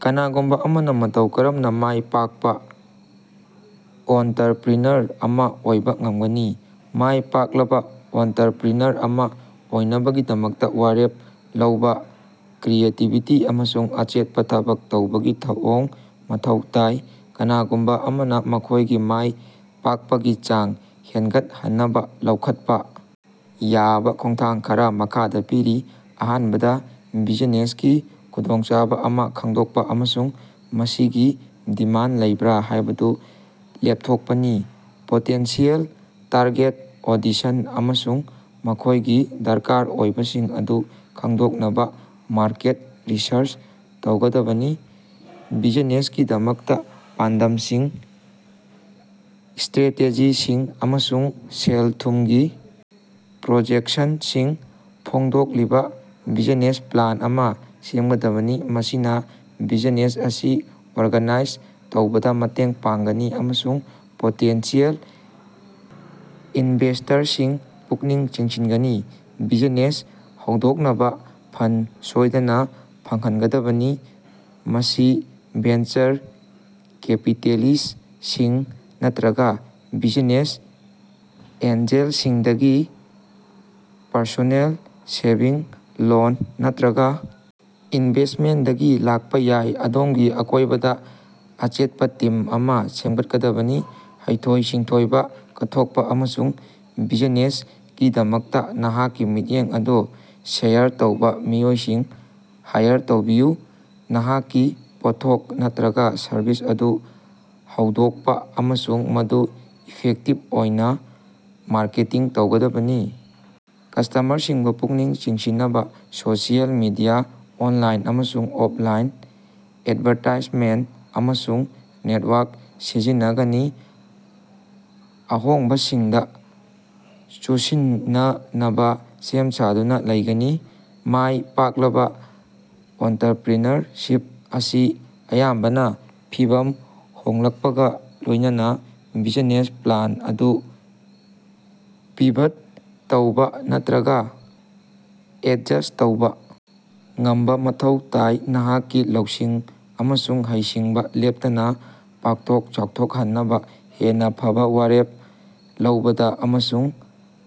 ꯀꯅꯥꯒꯨꯝꯕꯥ ꯑꯃꯅꯥ ꯃꯇꯧ ꯀꯔꯝꯅꯥ ꯃꯥꯏ ꯄꯥꯛꯄꯥ ꯑꯣꯟꯇꯔꯄ꯭ꯔꯤꯅꯔ ꯑꯃꯥ ꯑꯣꯏꯕꯥ ꯉꯝꯒꯅꯤ? ꯃꯥꯏ ꯄꯥꯛꯂꯕꯥ ꯑꯣꯟꯇꯔꯄ꯭ꯔꯤꯅꯔ ꯑꯃꯥ ꯑꯣꯏꯅꯕꯒꯤꯗꯃꯛꯇꯥ ꯋꯥꯔꯦꯞ ꯂꯧꯕꯥ, ꯀ꯭ꯔꯤꯌꯦꯇꯤꯕꯤꯇꯤ ꯑꯃꯁꯨꯡ ꯑꯆꯦꯠꯄꯥ ꯊꯕꯛ ꯇꯧꯕꯒꯤ ꯊꯧꯑꯣꯡ ꯃꯊꯧ ꯇꯥꯏ꯫ ꯀꯅꯥꯒꯨꯝꯕꯥ ꯑꯃꯅꯥ ꯃꯈꯣꯏꯒꯤ ꯃꯥꯏ ꯄꯥꯛꯄꯒꯤ ꯆꯥꯡ ꯍꯦꯟꯒꯠꯍꯟꯅꯕꯥ ꯂꯧꯈꯠꯄꯥ ꯌꯥꯕꯥ ꯈꯣꯡꯊꯥꯡ ꯈꯔꯥ ꯃꯈꯥꯗ ꯄꯤꯔꯤ: ꯑꯍꯥꯟꯕꯗ ꯕꯤꯖꯤꯅꯦꯁꯀꯤ ꯈꯨꯗꯣꯡꯆꯥꯕ ꯑꯃꯥ ꯈꯪꯗꯣꯛꯄꯥ ꯑꯃꯁꯨꯡ ꯃꯁꯤꯒꯤ ꯗꯤꯃꯥꯟ ꯂꯩꯕ꯭ꯔꯥ ꯍꯥꯏꯕꯗꯨ ꯂꯦꯞꯊꯣꯛꯄꯥꯅꯤ꯫ ꯄꯣꯇꯦꯟꯁꯤꯌꯦꯜ ꯇꯥꯔꯒꯦꯠ ꯑꯣꯗꯤꯁꯟ ꯑꯃꯁꯨꯡ ꯃꯈꯣꯏꯒꯤ ꯗꯔꯀꯥꯔ ꯑꯣꯏꯕꯁꯤꯡ ꯑꯗꯨ ꯈꯪꯗꯣꯛꯅꯕꯥ ꯃꯥꯔꯀꯦꯠ ꯔꯤꯁꯔꯆ ꯇꯧꯒꯗꯕꯅꯤ꯫ ꯕꯤꯖꯤꯅꯦꯁꯀꯤꯗꯃꯛꯇꯥ ꯄꯥꯟꯗꯝꯁꯤꯡ, ꯏꯁꯇ꯭ꯔꯦꯇꯦꯖꯤꯁꯤꯡ ꯑꯃꯁꯨꯡ ꯁꯦꯜ-ꯊꯨꯝꯒꯤ ꯄ꯭ꯔꯣꯖꯦꯛꯁꯟꯁꯤꯡ ꯐꯣꯡꯗꯣꯛꯂꯤꯕꯥ ꯕꯤꯖꯤꯅꯦꯁ ꯄ꯭ꯂꯥꯟ ꯑꯃꯥ ꯁꯦꯝꯒꯗꯕꯅꯤ꯫ ꯃꯁꯤꯅꯥ ꯕꯤꯖꯤꯅꯦꯁ ꯑꯁꯤ ꯑꯣꯔꯒꯅꯥꯏꯖ ꯇꯧꯕꯗꯥ ꯃꯇꯦꯡ ꯄꯥꯡꯒꯅꯤ ꯑꯃꯁꯨꯡ ꯄꯣꯇꯦꯟꯁꯤꯌꯦꯜ ꯏꯟꯚꯦꯁꯇꯔꯁꯤꯡ ꯄꯨꯛꯅꯤꯡ ꯆꯤꯡꯁꯤꯟꯒꯅꯤ꯫ ꯕꯤꯖꯤꯅꯦꯁ ꯍꯧꯗꯣꯛꯅꯕꯥ ꯐꯟ ꯁꯣꯏꯗꯅꯥ ꯐꯪꯍꯟꯒꯗꯕꯅꯤ꯫ ꯃꯁꯤ ꯚꯦꯟꯆꯔ ꯀꯦꯄꯤꯇꯦꯂꯤꯁꯁꯤꯡ ꯅꯠꯇ꯭ꯔꯒꯥ ꯕꯤꯖꯤꯅꯦꯁ ꯑꯦꯟꯖꯦꯜꯁꯤꯡꯗꯒꯤ ꯄꯔꯁꯣꯅꯦꯜ ꯁꯦꯚꯤꯡ, ꯂꯣꯟ ꯅꯠꯇ꯭ꯔꯒꯥ ꯏꯟꯚꯦꯁꯃꯦꯟꯗꯒꯤ ꯂꯥꯛꯄꯥ ꯌꯥꯏ꯫ ꯑꯗꯣꯝꯒꯤ ꯑꯀꯣꯏꯕꯗꯥ ꯑꯆꯦꯠꯄꯥ ꯇꯤꯝ ꯑꯃꯥ ꯁꯦꯝꯒꯠꯀꯗꯕꯅꯤ꯫ ꯍꯩꯊꯣꯏ-ꯁꯤꯡꯊꯣꯏꯕꯥ, ꯀꯠꯊꯣꯛꯄꯥ ꯑꯃꯁꯨꯡ ꯕꯤꯖꯤꯅꯦꯁꯀꯤꯗꯃꯛꯇꯥ ꯅꯍꯥꯛꯀꯤ ꯃꯤꯠꯌꯦꯡ ꯑꯗꯨ ꯁꯦꯌꯔ ꯇꯧꯕꯥ ꯃꯤꯑꯣꯏꯁꯤꯡ ꯍꯥꯏꯌꯔ ꯇꯧꯕꯤꯌꯨ꯫ ꯅꯍꯥꯛꯀꯤ ꯄꯣꯠꯊꯣꯛ ꯅꯠꯇ꯭ꯔꯒꯥ ꯁꯔꯚꯤꯁ ꯑꯗꯨ ꯍꯧꯗꯣꯛꯄꯥ ꯑꯃꯁꯨꯡ ꯃꯗꯨ ꯏꯐꯦꯛꯇꯤꯞ ꯑꯣꯏꯅꯥ ꯃꯥꯔꯀꯦꯇꯤꯡ ꯇꯧꯒꯗꯕꯅꯤ꯫ ꯀꯁ꯭ꯇꯃꯔꯁꯤꯡꯕꯨ ꯄꯨꯛꯅꯤꯡ ꯆꯤꯡꯁꯤꯟꯅꯕꯥ ꯁꯣꯁꯤꯑꯦꯜ ꯃꯤꯗꯤꯌꯥ, ꯑꯣꯟꯂꯥꯏꯟ ꯑꯃꯁꯨꯡ ꯑꯣꯞꯂꯥꯏꯟ ꯑꯦꯠꯚꯥꯔꯇꯥꯏꯖꯃꯦꯟꯇ ꯑꯃꯁꯨꯡ ꯅꯦꯠꯋꯥꯛ ꯁꯤꯖꯤꯟꯅꯒꯅꯤ꯫ ꯑꯍꯣꯡꯕꯁꯤꯡꯗꯥ ꯆꯨꯁꯤꯟꯅꯅꯕꯥ ꯁꯦꯝ ꯁꯥꯗꯨꯅꯥ ꯂꯩꯒꯅꯤ꯫ ꯃꯥꯏ ꯄꯥꯛꯂꯕꯥ ꯑꯣꯟꯇꯔꯄ꯭ꯔꯤꯅꯔꯁꯤꯞ ꯑꯁꯤ ꯑꯌꯥꯝꯕꯅꯥ ꯐꯤꯚꯝ ꯍꯣꯡꯂꯛꯄꯒꯥ ꯂꯣꯏꯅꯅꯥ ꯕꯤꯖꯤꯅꯦꯁ ꯄ꯭ꯂꯥꯟ ꯑꯗꯨ ꯄꯤꯚꯠ ꯇꯧꯕꯥ ꯅꯠꯇ꯭ꯔꯒꯥ ꯑꯦꯠꯖꯁ ꯇꯧꯕꯥ ꯉꯝꯕꯥ ꯃꯊꯧ ꯇꯥꯏ꯫ꯅꯍꯥꯛꯀꯤ ꯂꯧꯁꯤꯡ ꯑꯃꯁꯨꯡ ꯍꯩꯁꯤꯡꯕꯥ ꯂꯦꯞꯇꯅꯥ ꯄꯥꯛꯊꯣꯛ ꯆꯥꯎꯊꯣꯛꯍꯟꯕꯅꯥ ꯍꯦꯟꯅꯥ ꯐꯕꯥ ꯋꯥꯔꯦꯞ ꯂꯧꯕꯗꯥ ꯑꯃꯁꯨꯡ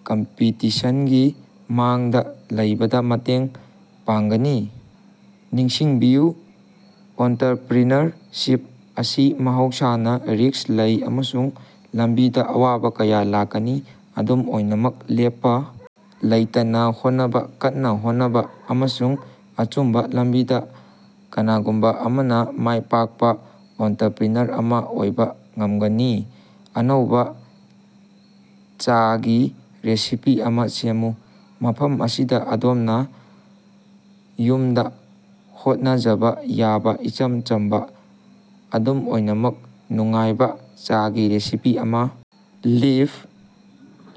ꯀꯝꯄꯤꯇꯤꯁꯟꯒꯤ ꯃꯥꯡꯗꯥ ꯂꯩꯕꯗꯥ ꯃꯇꯦꯡ ꯄꯥꯡꯒꯅꯤ꯫ ꯅꯤꯡꯁꯤꯡꯕꯤꯌꯨ, ꯑꯣꯟꯇꯔꯄ꯭ꯔꯤꯅꯔꯁꯤꯞ ꯑꯁꯤ ꯃꯍꯧꯁꯥꯅꯥ ꯔꯤꯛꯁ ꯂꯩ ꯑꯃꯁꯨꯡ ꯂꯝꯕꯤꯗꯥ ꯑꯋꯥꯕꯥ ꯀꯌꯥ ꯂꯥꯛꯀꯅꯤ꯫ ꯑꯗꯨꯝ ꯑꯣꯏꯅꯃꯛ, ꯂꯦꯞꯄꯥ ꯂꯩꯇꯅꯥ ꯍꯣꯠꯅꯕꯥ, ꯀꯟꯅꯥ ꯍꯣꯠꯅꯕꯥ, ꯑꯃꯁꯨꯡ ꯑꯆꯨꯝꯕꯥ ꯂꯝꯕꯤꯗꯥ ꯀꯅꯥꯒꯨꯝꯕꯥ ꯑꯃꯅꯥ ꯃꯥꯏꯄꯥꯛꯄꯥ ꯑꯣꯟꯇꯔꯄ꯭ꯔꯤꯅꯔ ꯑꯃꯥ ꯑꯣꯏꯕꯥ ꯉꯝꯒꯅꯤ꯫ ꯑꯅꯧꯕꯥ ꯆꯥꯒꯤ ꯔꯦꯁꯤꯄꯤ ꯑꯃꯥ ꯁꯦꯝꯃꯨ꯫ ꯃꯐꯝ ꯑꯁꯤꯗꯥ ꯑꯗꯣꯝꯅꯥ ꯌꯨꯝꯗꯥ ꯍꯣꯠꯅꯖꯕꯥ ꯌꯥꯕꯥ ꯏꯆꯝ ꯆꯝꯕꯥ, ꯑꯗꯨꯝ ꯑꯣꯏꯅꯃꯛ ꯅꯨꯡꯉꯥꯏꯕꯥ ꯆꯥꯒꯤ ꯔꯦꯁꯤꯄꯤ ꯑꯃꯥ ꯂꯤꯞ,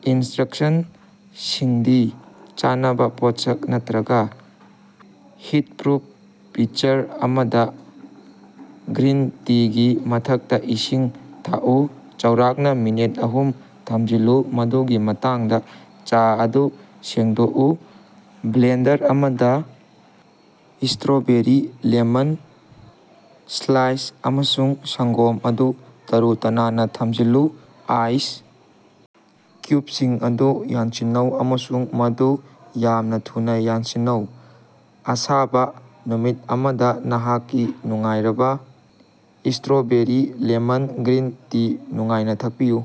ꯏꯟꯁꯇ꯭ꯔꯛꯁꯟꯁꯤꯡꯗꯤ ꯆꯥꯅꯕꯥ ꯄꯣꯠꯁꯛ ꯅꯠꯇ꯭ꯔꯒꯥ ꯍꯤꯠꯄ꯭ꯔꯨꯞ ꯄꯤꯆꯔ ꯑꯃꯗꯥ, ꯒ꯭ꯔꯤꯟ ꯇꯤꯒꯤ ꯃꯊꯛꯇꯥ ꯏꯁꯤꯡ ꯊꯥꯛꯎ꯫ ꯆꯥꯎꯔꯥꯛꯅꯥ ꯃꯤꯅꯠ ꯑꯍꯨꯝ ꯊꯝꯖꯤꯜꯂꯨ ꯃꯗꯨꯒꯤ ꯃꯇꯨꯡꯗꯥ ꯆꯥ ꯑꯗꯨ ꯁꯦꯡꯗꯣꯛꯎ꯫ ꯕ꯭ꯂꯦꯟꯗꯔ ꯑꯃꯗꯥ, ꯏꯁꯇ꯭ꯔꯣꯕꯦꯔꯤ, ꯂꯦꯃꯟ ꯁ꯭ꯂꯥꯏꯁ ꯑꯃꯁꯨꯡ ꯁꯪꯒꯣꯝ ꯑꯗꯨ ꯇꯔꯨ-ꯇꯅꯥꯟꯅꯥ ꯊꯝꯖꯤꯜꯂꯨ꯫ ꯑꯥꯏꯁ ꯀ꯭ꯌꯨꯕꯁꯤꯡ ꯑꯗꯨ ꯌꯥꯟꯁꯤꯟꯅꯧ, ꯑꯃꯁꯨꯡ ꯃꯗꯨ ꯌꯥꯝꯅꯥ ꯊꯨꯅꯥ ꯌꯥꯟꯁꯤꯟꯅꯧ꯫ ꯑꯁꯥꯕ ꯅꯨꯃꯤꯠ ꯑꯃꯗꯥ ꯅꯍꯥꯛꯀꯤ ꯅꯨꯡꯉꯥꯏꯔꯕꯥ ꯏꯁꯇ꯭ꯔꯣꯕꯦꯔꯤ ꯂꯦꯃꯟ ꯒ꯭ꯔꯤꯟ ꯇꯤ ꯅꯨꯡꯉꯥꯏꯅ ꯊꯛꯄꯤꯎ꯫